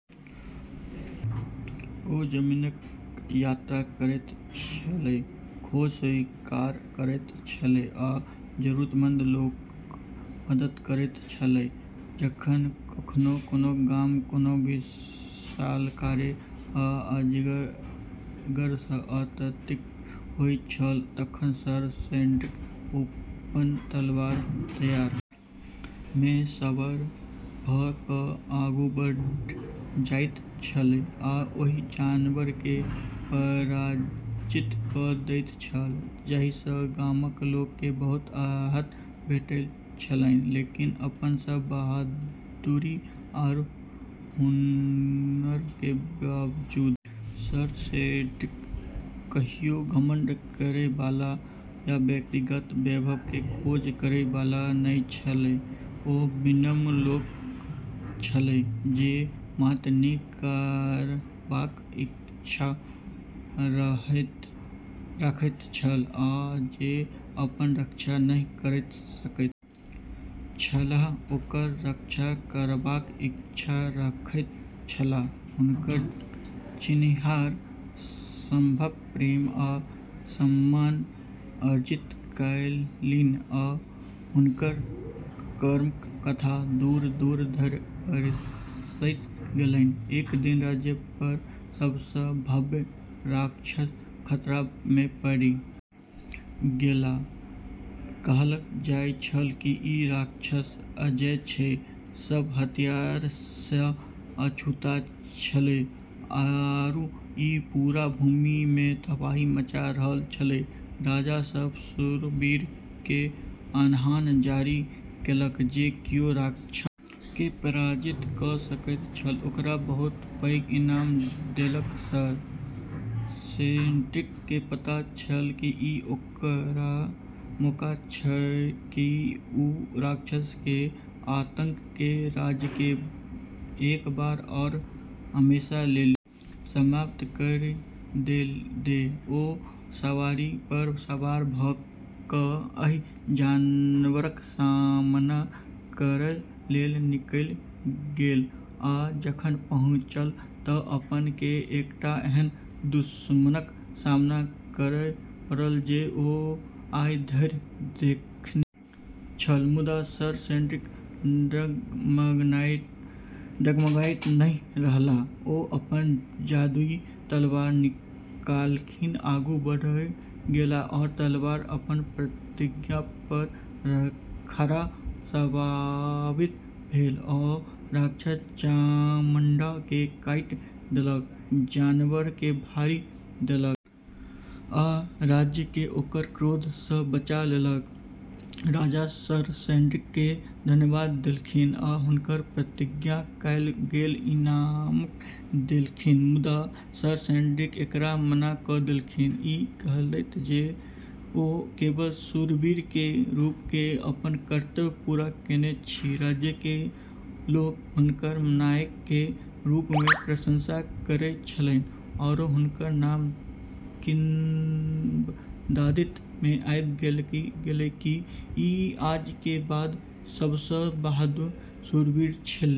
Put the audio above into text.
ओ जमीनक यात्रा करैत छलाह, खोज स्वीकार करैत छलाह आ जरूरतमंद लोकक मदद करैत छलाह जखन कखनो कोनो गाम कोनो विशालकाय वा अजगर सँ आतंकित होइत छल तखन सर सेड्रिक अपन तलवार तैयार मे सवार भ क आगू बढ़ि जाइत छलाह आ ओहि जानवर केँ पराजित क दैत छलाह, जाहि सँ गामक लोक केँ बहुत राहत भेटैत छलनि, लेकिन अपनऽ सब बहादुरी आरू हुनर के बावजूद सर सेड्रिक कहियो घमंड करै वाला या व्यक्तिगत वैभव के खोज करै वाला नै छेलै ओ विनम्र लोक छलाह जे मात्र नीक करबाक इच्छा रखैत छलाह आ जे अपन रक्षा नहि क सकैत छलाह ओकर रक्षा करबाक इच्छा रखैत छलाह, हुनका चिन्हनिहार सभक प्रेम आ सम्मान अर्जित कयलनि आ हुनकर कर्मक कथा दूर-दूर धरि पसरि गेलनि, एक दिन राज्य पर सबसँ भयावह राक्षस खतरा मे पड़ि गेल, कहलऽ जाय छेलै कि ई राक्षस अजेय छै, सब हथियार से अछूता छेलै आरू ई पूरा भूमि मे तबाही मचा रहलऽ छेलै, राजा सब शूरवीर के आह्वान जारी केलक जे कियो राक्षस के पराजित क सकैत छल ओकरा बहुत पैघ इनाम देलक, सर सेड्रिक के पता छेलै कि ई ओकरऽ मौका छेकै कि उ राक्षस केरऽ आतंक केरऽ राज के एक बार आरू हमेशा लेली समाप्त करी दै ओ सवारी पर सवार भ क ओहि जानवरक सामना करय लेल निकलि गेल आ जखन पहुँचल त अपना केँ एकटा एहन दुश्मनक सामना करय पड़ल जे ओ आइ धरि देखने छल मुदा सर सेड्रिक डगमगाइत नहि रहलाह ओ अपन जादुई तलवार निकालि आगू बढ़ि गेल आ तलवार अपन प्रतिज्ञा पर खरा साबित भेल ओ राक्षसक चमड़ा केँ काटि देलक, जानवर केँ मारि देलक आ राज्य केँ ओकर क्रोध सँ बचा लेलक, राजा सर सेड्रिक के धन्यवाद देलखिन आ हुनका प्रतिज्ञा कयल गेल इनाम देलखिन मुदा सर सेड्रिक एकरा मना क देलखिन, ई कहैत जे ओ केवल शूरवीर के रूप में अपन कर्तव्य पूरा केने छी राज्य के लोग हुनका नायक के रूप में प्रशंसा करै छेलै आरो हुनकऽ नाम किंवदंती में आबी गेलै कि ई आज तक के सबसें बहादुर शूरवीर छेलै।